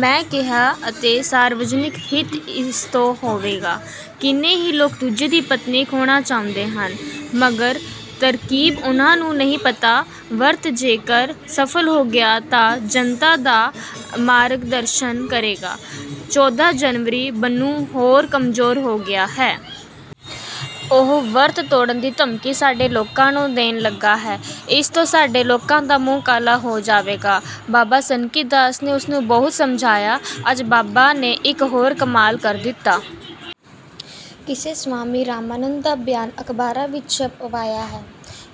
ਮੈਂ ਕਿਹਾ ਅਤੇ ਸਰਵਜਨਿਕ ਹਿੱਤ ਇਸਤੋਂ ਹੋਵੇਗਾ। ਕਿੰਨੇ ਹੀ ਲੋਕ ਦੂਜੇ ਦੀ ਪਤਨੀ ਖੋਹਣਾ ਚਾਹੁੰਦੇ ਹਨ, ਮਗਰ ਤਰਕੀਬ ਉਨ੍ਹਾਂ ਨੂੰ ਨਹੀਂ ਪਤਾ। ਵਰਤ ਜੇਕਰ ਸਫਲ ਹੋ ਗਿਆ, ਤਾਂ ਜਨਤਾ ਦਾ ਮਾਰਗਦਰਸ਼ਨ ਕਰੇਗਾ। ਚੌਦ੍ਹਾਂ ਜਨਵਰੀ ਬੰਨੂ ਹੋਰ ਕਮਜੋਰ ਹੋ ਗਿਆ ਹੈ। ਉਹ ਵਰਤ ਤੋੜਨ ਦੀ ਧਮਕੀ ਸਾਡੇ ਲੋਕਾਂ ਨੂੰ ਦੇਣ ਲਗਾ ਹੈ। ਇਸ ਤੋਂ ਸਾਡੇ ਲੋਕਾਂ ਦਾ ਮੂੰਹ ਕਾਲਾ ਹੋ ਜਾਵੇਗਾ। ਬਾਬਾ ਸਨਕੀਦਾਸ ਨੇ ਉਸਨੂੰ ਬਹੁਤ ਸਮਝਾਇਆ। ਅੱਜ ਬਾਬਾ ਨੇ ਇੱਕ ਹੋਰ ਕਮਾਲ ਕਰ ਦਿੱਤਾ। ਕਿਸੇ ਸਵਾਮੀ ਰਾਮਾਨੰਦ ਦਾ ਬਿਆਨ ਅਖ਼ਬਾਰਾਂ ਵਿੱਚ ਛਪਵਾਇਆ ਹੈ।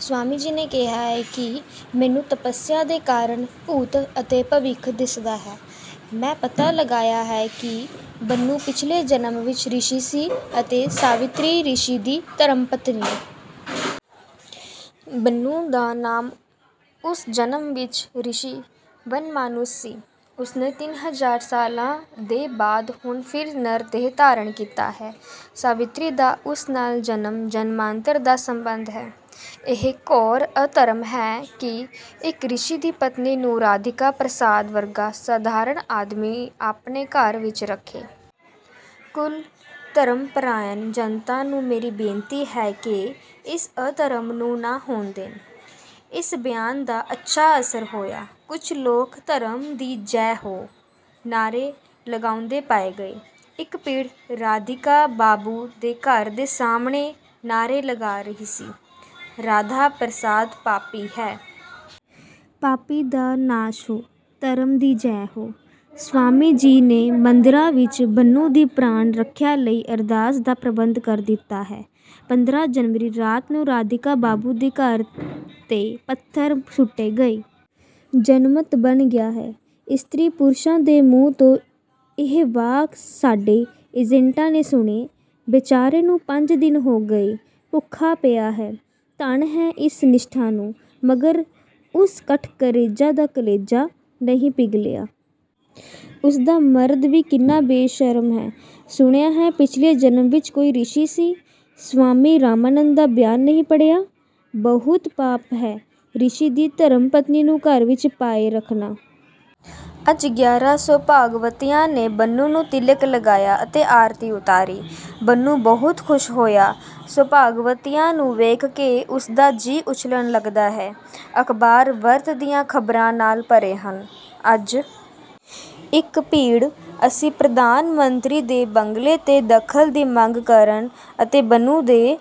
ਸਵਾਮੀ ਜੀ ਨੇ ਕਿਹਾ ਹੈ ਕਿ ਮੈਨੂੰ ਤਪਸਿਆ ਦੇ ਕਾਰਨ ਭੂਤ ਅਤੇ ਭਵਿੱਖ ਦਿਸਦਾ ਹੈ। ਮੈਂ ਪਤਾ ਲਗਾਇਆ ਹੈ ਕਿ ਬੰਨੂ ਪਿਛਲੇ ਜਨਮ ਵਿੱਚ ਰਿਸ਼ੀ ਸੀ ਅਤੇ ਸਾਵਿਤਰੀ ਰਿਸ਼ੀ ਦੀ ਧਰਮਪਤਨੀ। ਬੰਨੂ ਦਾ ਨਾਮ ਉਸ ਜਨਮ ਵਿੱਚ ਰਿਸ਼ੀ ਵਨਮਾਨੁਸ ਸੀ। ਉਸਨੇ ਤਿੰਨ ਹਜਾਰ ਸਾਲਾਂ ਦੇ ਬਾਅਦ ਹੁਣ ਫਿਰ ਨਰਦੇਹ ਧਾਰਨ ਕੀਤੀ ਹੈ। ਸਾਵਿਤਰੀ ਦਾ ਉਸ ਨਾਲ ਜਨਮ-ਜਨਮਾਂਤਰ ਦਾ ਸੰਬੰਧ ਹੈ। ਇਹ ਘੋਰ ਅਧਰਮ ਹੈ ਕਿ ਇੱਕ ਰਿਸ਼ੀ ਦੀ ਪਤਨੀ ਨੂੰ ਰਾਧੀਕਾ ਪ੍ਰਸਾਦ, ਵਰਗਾ ਸਧਾਰਣ ਆਦਮੀ ਆਪਣੇ ਘਰ ਵਿੱਚ ਰੱਖੇ। ਕੁਲ ਧਰਮਪ੍ਰਾਇਣ ਜਨਤਾ ਨੂੰ ਮੇਰੀ ਬੇਨਤੀ ਹੈ ਕਿ ਇਸ ਅਧਰਮ ਨੂੰ ਨਾ ਹੋਣ ਦੇਣ। ਇਸ ਬਿਆਨ ਦਾ ਅੱਛਾ ਅਸਰ ਹੋਇਆ। ਕੁੱਝ ਲੋਕ ਧਰਮ ਦੀ ਜੈ ਹੋ! ਨਾਹਰੇ ਲਗਾਉਂਦੇ ਪਾਏ ਗਏ। ਇੱਕ ਭੀੜ ਰਾਧੀਕਾ ਬਾਬੂ ਦੇ ਘਰ ਦੇ ਸਾਹਮਣੇ ਨਾਹਰੇ ਲਗਾ ਰਹੀ ਸੀ, 'ਰਾਧਾ ਪ੍ਰਸਾਦ ਪਾਪੀ ਹੈ! ਪਾਪੀ ਦਾ ਨਾਸ਼ ਹੋ! ਧਰਮ ਦੀ ਜੈ ਹੋ।' ਸਵਾਮੀ ਜੀ ਨੇ ਮੰਦਿਰਾਂ ਵਿੱਚ ਬੰਨੂ ਦੀ ਪ੍ਰਾਣ-ਰੱਖਿਆ ਲਈ ਅਰਦਾਸ ਦਾ ਪ੍ਰਬੰਧ ਕਰਾ ਦਿੱਤਾ ਹੈ। ਪੰਦਰਾਂ ਜਨਵਰੀ ਰਾਤ ਨੂੰ ਰਾਧੀਕਾ ਬਾਬੂ ਦੇ ਘਰ ਤੇ ਪੱਥਰ ਸੁੱਟੇ ਗਏ। ਜਨਮਤ ਬਣ ਗਿਆ ਹੈ। ਇਸਤਰੀ-ਪੁਰਸ਼ਾਂ ਦੇ ਮੂੰਹ ਤੋਂ ਇਹ ਵਾਕ ਸਾਡੇ ਏਜੇਂਟਾਂ ਨੇ ਸੁਣੇ ।"ਬੇਚਾਰੇ ਨੂੰ ਪੰਜ ਦਿਨ ਹੋ ਗਏ। ਭੁੱਖਾ ਪਿਆ ਹੈ। " "ਧੰਨ ਹੈ ਇਸ ਨਿਸ਼ਠਾ ਨੂੰ। " "ਮਗਰ ਉਸ ਕਠਕਰੇਜੀ ਦਾ ਕਲੇਜਾ ਨਹੀਂ ਪਿਘਲਿਆ। " "ਉਸਦਾ ਮਰਦ ਵੀ ਕਿੰਨਾ ਬੇਸ਼ਰਮ ਹੈ। " "ਸੁਣਿਆ ਹੈ ਪਿਛਲੇ ਜਨਮ ਵਿੱਚ ਕੋਈ ਰਿਸ਼ੀ ਸੀ। " "ਸਵਾਮੀ ਰਾਮਾਨੰਦ ਦਾ ਬਿਆਨ ਨਹੀਂ ਪੜ੍ਹਿਆ! " "ਬਹੁਤ ਪਾਪ ਹੈ ਰਿਸ਼ੀ ਦੀ ਧਰਮਪਤਨੀ ਨੂੰ ਘਰ ਵਿੱਚ ਪਾਏ ਰੱਖਣਾ। " ਅੱਜ ਗਿਆਰਾਂ ਸੌਭਾਗਵਤੀਆਂ ਨੇ ਬੰਨੂ ਨੂੰ ਤਿਲਕ ਲਾਇਆ ਅਤੇ ਆਰਤੀ ਉਤਾਰੀ। ਬੰਨੂ ਬਹੁਤ ਖੁਸ਼ ਹੋਇਆ। ਸੌਭਾਗਵਤੀਆਂ ਨੂੰ ਵੇਖ ਕੇ ਉਸਦਾ ਜੀ ਉਛਲਣ ਲੱਗਦਾ ਹੈ। ਅਖਬਾਰ ਵਰਤ ਦੀਆਂ ਖਬਰਾਂ ਨਾਲ ਭਰੇ ਹਨ। ਅੱਜ ਇੱਕ ਭੀੜ ਅਸੀਂ ਪ੍ਰਧਾਨ ਮੰਤਰੀ ਦੇ ਬੰਗਲੇ ਤੇ ਦਖਲ ਦੀ ਮੰਗ ਕਰਨ ਅਤੇ ਬੰਨੂ ਦੇ